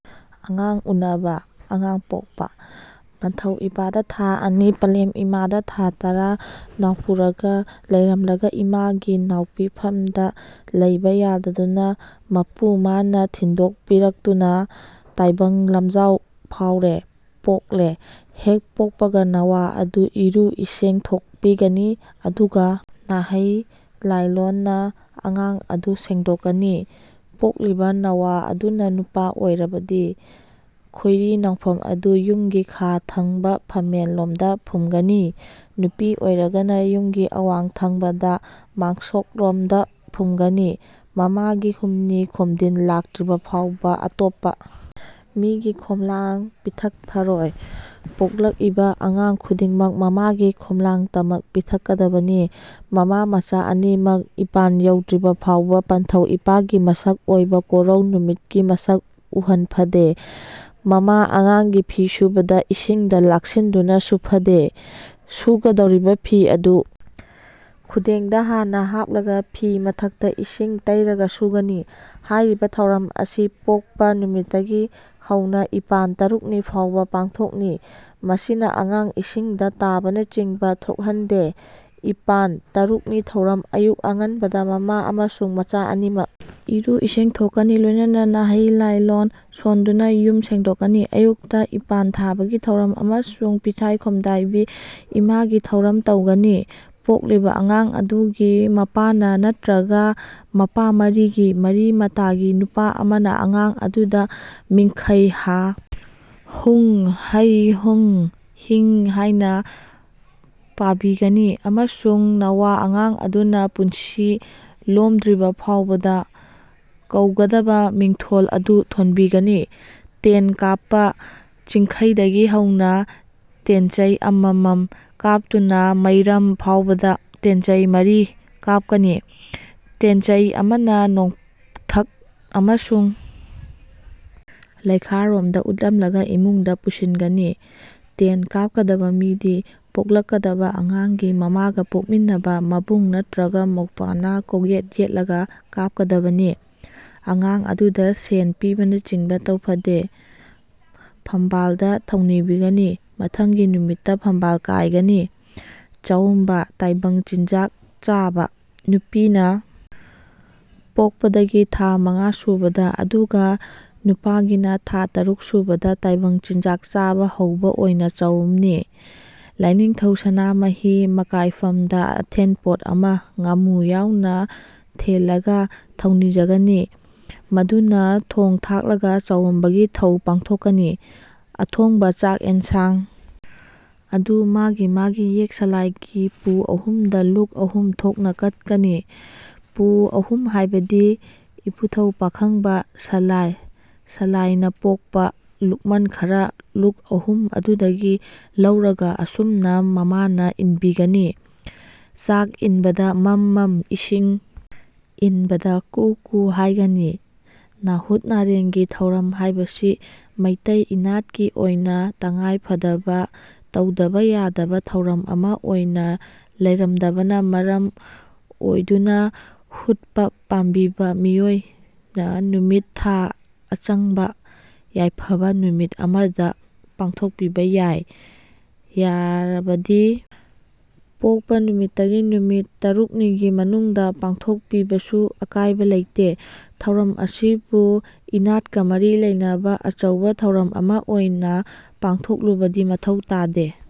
ꯑꯉꯥꯡ ꯎꯅꯕ ( ꯑꯉꯥꯡ ꯄꯣꯛꯄ) ꯄꯟꯊꯧ ꯏꯄꯥꯗ ꯊꯥ ꯑꯅꯤ, ꯄꯂꯦꯝ ꯏꯃꯥꯗ ꯊꯥ ꯇꯔꯥ ꯅꯧꯄꯨꯔꯒ ꯂꯩꯔꯝꯂꯒ ꯏꯃꯥꯒꯤ ꯅꯧꯄꯤꯐꯝꯗ ꯂꯩꯕ ꯌꯥꯗꯗꯨꯅ ꯃꯄꯨ ꯃꯥꯅ ꯊꯤꯟꯗꯣꯛꯄꯤꯔꯛꯇꯨꯅ ꯇꯥꯏꯕꯪ ꯂꯝꯖꯥꯎ ꯐꯥꯎꯔꯦ (ꯄꯣꯛꯂꯦ), ꯍꯦꯛ ꯄꯣꯛꯄꯒ ꯅꯣꯋꯥ ꯑꯗꯨ ꯏꯔꯨ ꯏꯁꯦꯡꯊꯣꯛꯄꯤꯒꯅꯤ ꯑꯗꯨꯒ ꯅꯥꯍꯩ ꯂꯥꯏꯂꯣꯟꯅ ꯑꯉꯥꯡ ꯑꯗꯨ ꯁꯦꯗꯣꯛꯀꯅꯤ꯫ ꯄꯣꯛꯂꯤꯕ ꯅꯧꯋꯥ ꯑꯗꯨ ꯅꯨꯄꯥ ꯑꯣꯏꯔꯕꯗꯤ ꯈꯣꯏꯔꯤ ꯅꯧꯐꯝ ꯑꯗꯨ ꯌꯨꯝꯒꯤ ꯈꯥ ꯊꯪꯕꯗ ꯐꯝꯃꯦꯟ ꯂꯣꯝꯗ ꯐꯨꯝꯒꯅꯤ꯫ ꯅꯨꯄꯤ ꯑꯣꯏꯔꯒꯅ ꯌꯨꯝꯒꯤ ꯑꯋꯥꯡ ꯊꯪꯕꯗ ꯃꯥꯡꯁꯣꯛ ꯂꯣꯝꯗ ꯐꯨꯝꯒꯅꯤ꯫ ꯃꯃꯥꯒꯤ ꯍꯨꯝꯅꯤ ꯈꯣꯝꯗꯤꯟ ꯂꯥꯛꯇ꯭ꯔꯤꯕ ꯐꯥꯎꯕ ꯑꯇꯣꯞꯄ ꯃꯤꯒꯤ ꯈꯣꯝꯂꯥꯡ ꯄꯤꯊꯛꯐꯔꯣꯏ꯫ ꯄꯣꯛꯂꯛꯏꯕ ꯑꯉꯥꯡ ꯈꯨꯗꯤꯡꯃꯛ ꯃꯃꯥꯒꯤ ꯈꯣꯝꯂꯥꯡꯇꯃꯛ ꯄꯤꯊꯛꯀꯗꯕꯅꯤ꯫ ꯃꯃꯥ, ꯃꯆꯥ ꯑꯅꯤꯃꯛ ꯏꯄꯥꯟ ꯌꯧꯗ꯭ꯔꯤꯕ ꯐꯥꯎꯕ ꯄꯟꯊꯧ ꯏꯄꯥꯒꯤ ꯃꯁꯛ ꯑꯣꯏꯕ ꯀꯣꯔꯧ ꯅꯨꯃꯤꯠꯀꯤ ꯃꯁꯛ ꯎꯍꯟꯐꯗꯦ꯫ ꯃꯃꯥ ꯑꯉꯥꯡꯒꯤ ꯐꯤ ꯁꯨꯕꯗ ꯏꯁꯤꯡꯗ ꯂꯥꯛꯁꯤꯟꯗꯨꯅ ꯁꯨꯐꯗꯦ꯫ ꯁꯨꯒꯗꯧꯔꯤꯕ ꯐꯤ ꯑꯗꯨ ꯈꯨꯗꯦꯡꯗ ꯍꯥꯟꯅ ꯍꯥꯞꯂꯒ ꯐꯤꯒꯤ ꯃꯊꯛꯇ ꯏꯁꯤꯡ ꯇꯩꯔꯒ ꯁꯨꯒꯅꯤ꯫ ꯍꯥꯏꯔꯤꯕ ꯊꯧꯔꯝ ꯑꯁꯤ ꯄꯣꯛꯄ ꯅꯨꯃꯤꯠꯇꯒꯤ ꯍꯧꯅ ꯏꯄꯥꯟ ꯇꯔꯨꯛꯅꯤ ꯐꯥꯎꯕ ꯄꯥꯡꯊꯣꯛꯅꯤ꯫ ꯃꯁꯤꯅ ꯑꯉꯥꯡ ꯏꯁꯤꯡꯗ ꯇꯥꯕꯅꯆꯤꯡꯕ ꯊꯣꯛꯀꯟꯗꯦ꯫ ꯏꯄꯥꯟ ( ꯇꯔꯨꯛꯅꯤ) ꯊꯧꯔꯝ ꯑꯌꯨꯛ ꯑꯉꯟꯕꯗ ꯃꯃꯥ ꯑꯃꯁꯨꯡ ꯃꯆꯥ ꯑꯅꯤꯃꯛ ꯏꯔꯨ ꯏꯁꯦꯡꯊꯣꯛꯀꯅꯤ ꯂꯣꯏꯅꯅ ꯅꯥꯍꯩ ꯂꯥꯏꯂꯣꯟ ꯁꯣꯟꯗꯨꯅ ꯌꯨꯝ ꯁꯦꯡꯗꯣꯛꯀꯅꯤ꯫ ꯑꯌꯨꯛꯇ ꯏꯄꯥꯟ ꯊꯥꯕꯒꯤ ꯊꯧꯔꯝ ꯑꯃꯁꯨꯡ ꯄꯤꯇꯥꯏ ꯈꯣꯝꯇꯥꯏꯕꯤ ꯏꯃꯥꯒꯤ ꯊꯧꯔꯝ ꯇꯧꯒꯅꯤ ꯄꯣꯛꯂꯤꯕ ꯑꯉꯥꯡ ꯑꯗꯨꯒꯤ ꯃꯄꯥꯅ ꯅꯠꯇ꯭ꯔꯒ ꯃꯄꯥ ꯃꯔꯤꯒꯤ (ꯃꯔꯤ ꯃꯇꯥꯒꯤ) ꯅꯨꯄꯥ ꯑꯃꯅ ꯑꯉꯥꯡ ꯑꯗꯨꯗ ꯃꯤꯡꯈꯩ ꯍꯥ, ꯍꯨꯡ, ꯍꯩ, ꯍꯦ, ꯍꯤꯡ ꯍꯥꯏꯅ ꯄꯥꯕꯤꯒꯅꯤ ꯑꯃꯁꯨꯡ ꯅꯧꯋꯥ ꯑꯉꯥꯡ ꯑꯗꯨꯅ ꯄꯨꯟꯁꯤ ꯂꯣꯝꯗ꯭ꯔꯤꯕ ꯐꯥꯎꯕꯗ ꯀꯧꯒꯗꯕ ꯃꯤꯡꯊꯣꯜ ꯑꯗꯨ ꯊꯣꯟꯕꯤꯒꯅꯤ꯫ ꯇꯦꯟ ꯀꯥꯞꯄ ꯆꯤꯡꯈꯩꯗꯒꯤ ꯍꯧꯅ ꯇꯦꯟꯆꯩ ꯑꯃꯃꯝ ꯀꯥꯞꯇꯨꯅ ꯃꯩꯔꯝ ꯐꯥꯎꯕꯗ ꯇꯦꯟꯆꯩ ꯃꯔꯤ ꯀꯥꯞꯀꯅꯤ꯫ ꯇꯦꯟꯆꯩ ꯑꯃꯅ ꯅꯣꯡꯊꯛ ꯑꯃꯁꯨꯡ ꯂꯩꯈꯥꯔꯣꯝꯗ ꯎꯠꯂꯝꯂꯒ ꯏꯃꯨꯡꯗ ꯄꯨꯁꯤꯟꯒꯅꯤ꯫ ꯇꯦꯟ ꯀꯥꯞꯀꯗꯕ ꯃꯤꯗꯤ ꯄꯣꯛꯂꯛꯀꯗꯕ ꯑꯉꯥꯡꯒꯤ ꯃꯃꯥꯒ ꯄꯣꯛꯃꯤꯟꯅꯕ ꯃꯕꯨꯡ ꯅꯠꯇ꯭ꯔꯒ ꯃꯧꯄ꯭ꯋꯥꯅ ꯀꯣꯛꯌꯦꯠ ꯌꯦꯠꯂꯒ ꯀꯥꯞꯀꯗꯕꯅꯤ꯫ ꯑꯉꯥꯡ ꯑꯗꯨꯗ ꯁꯦꯟ ꯄꯤꯕꯅꯆꯤꯡꯕ ꯇꯧꯐꯗꯦ, ꯐꯝꯕꯥꯟꯗ ꯊꯧꯅꯤꯕꯤꯒꯅꯤ꯫ ꯃꯊꯪꯒꯤ ꯅꯨꯃꯤꯠꯇ ꯐꯝꯕꯥꯟ ꯀꯥꯏꯒꯅꯤ꯫ ꯆꯥꯎꯝꯕ (ꯇꯥꯏꯕꯪ ꯆꯤꯟꯖꯥꯛ ꯆꯥꯕ), ꯅꯨꯄꯤꯅ ꯄꯣꯛꯄꯗꯒꯤ ꯊꯥ ꯃꯉꯥ ꯁꯨꯕꯗ ꯑꯗꯨꯒ ꯅꯨꯄꯥꯒꯤꯅ ꯊꯥ ꯇꯔꯨꯛ ꯁꯨꯕꯗ ꯇꯥꯏꯕꯪ ꯆꯤꯟꯖꯥꯛ ꯆꯥꯕ ꯍꯧꯕ ꯑꯣꯏꯅ ꯆꯥꯎꯝꯅꯤ꯫ ꯂꯥꯏꯅꯤꯡꯊꯧ ꯁꯅꯥꯃꯍꯤ ꯃꯀꯥꯏꯐꯝꯗ ꯑꯊꯦꯟꯄꯣꯠ ꯑꯃ ꯉꯥꯃꯨ ꯌꯥꯎꯅ ꯊꯦꯜꯂꯒ ꯊꯧꯅꯤꯖꯒꯅꯤ꯫ ꯃꯗꯨꯅ ꯊꯣꯡ ꯊꯥꯛꯂꯒ ꯆꯥꯎꯝꯕꯒꯤ ꯊꯧ ꯄꯥꯡꯊꯣꯛꯀꯅꯤ꯫ ꯑꯊꯣꯡꯕ ꯆꯥꯛ ꯌꯦꯟꯁꯥꯡ ꯑꯗꯨ ꯃꯥꯒꯤ ꯃꯥꯒꯤ ꯌꯦꯛ ꯁꯥꯂꯥꯏꯒꯤ ꯄꯨ ꯑꯍꯨꯝꯗ ꯂꯨꯛ ꯑꯍꯨꯝ ꯊꯣꯛꯅ ꯀꯠꯀꯅꯤ꯫ (ꯄꯨ ꯑꯍꯨꯝ ꯍꯥꯏꯔꯗꯤ ꯏꯄꯨꯊꯧ ꯄꯥꯈꯪꯕ, ꯁꯂꯥꯏ, ꯁꯂꯥꯏꯅꯥ ꯄꯣꯛꯄꯥ ꯂꯨꯛꯃꯟ ꯈꯔꯥ) ꯂꯨꯛ ꯑꯍꯨꯝ ꯑꯗꯨꯗꯒꯤ ꯂꯧꯔꯒ ꯑꯁꯨꯝꯅ ꯃꯃꯥꯅ ꯏꯟꯕꯤꯒꯅꯤ꯫ ꯆꯥꯛ ꯏꯟꯕꯗ ꯃꯝ ꯃꯝ, ꯏꯁꯤꯡ ꯏꯟꯕꯗ ꯀꯨꯛ ꯀꯨꯛ ꯍꯥꯏꯒꯅꯤ꯫ ꯅꯥꯍꯨꯠ ꯅꯥꯔꯦꯡꯒꯤ ꯊꯧꯔꯝ ꯍꯥꯏꯕꯁꯤ ꯃꯤꯇꯩ ꯏꯅꯥꯠꯀꯤ ꯑꯣꯏꯅ ꯇꯉꯥꯏ ꯐꯗꯕ ꯇꯧꯗꯕ ꯌꯥꯗꯕ ꯊꯧꯔꯝ ꯑꯃ ꯑꯣꯏꯅ ꯂꯩꯔꯝꯗꯕꯅ ꯃꯔꯝ ꯑꯣꯏꯗꯨꯅ ꯍꯨꯠꯄ ꯄꯥꯝꯕꯤꯕ ꯃꯤꯑꯣꯏꯅ ꯅꯨꯃꯤꯠ ꯊꯥ ꯑꯆꯪꯕ ꯌꯥꯏꯐꯕ ꯅꯨꯃꯤꯠ ꯑꯃꯗ ꯄꯥꯥꯡꯊꯣꯛꯄꯤꯕ ꯌꯥꯏ꯫ ꯌꯥꯔꯕꯗꯤ ꯄꯣꯛꯄ ꯅꯨꯃꯤꯠꯇꯒꯤ ꯅꯨꯃꯤꯠ ꯇꯔꯨꯛꯅꯤꯒꯤ ꯃꯅꯨꯡꯗ ꯄꯥꯡꯊꯣꯛꯄꯤꯕꯁꯨ ꯑꯀꯥꯏꯕ ꯂꯩꯇꯦ ꯊꯧꯔꯝ ꯑꯁꯤꯕꯨ ꯏꯅꯥꯠꯀ ꯃꯔꯤ ꯂꯩꯅꯕ ꯑꯆꯧꯕ ꯊꯧꯔꯝ ꯑꯃ ꯑꯣꯏꯅ ꯄꯥꯡꯊꯣꯛꯂꯨꯕꯗꯤ ꯃꯊꯧ ꯇꯥꯗꯦ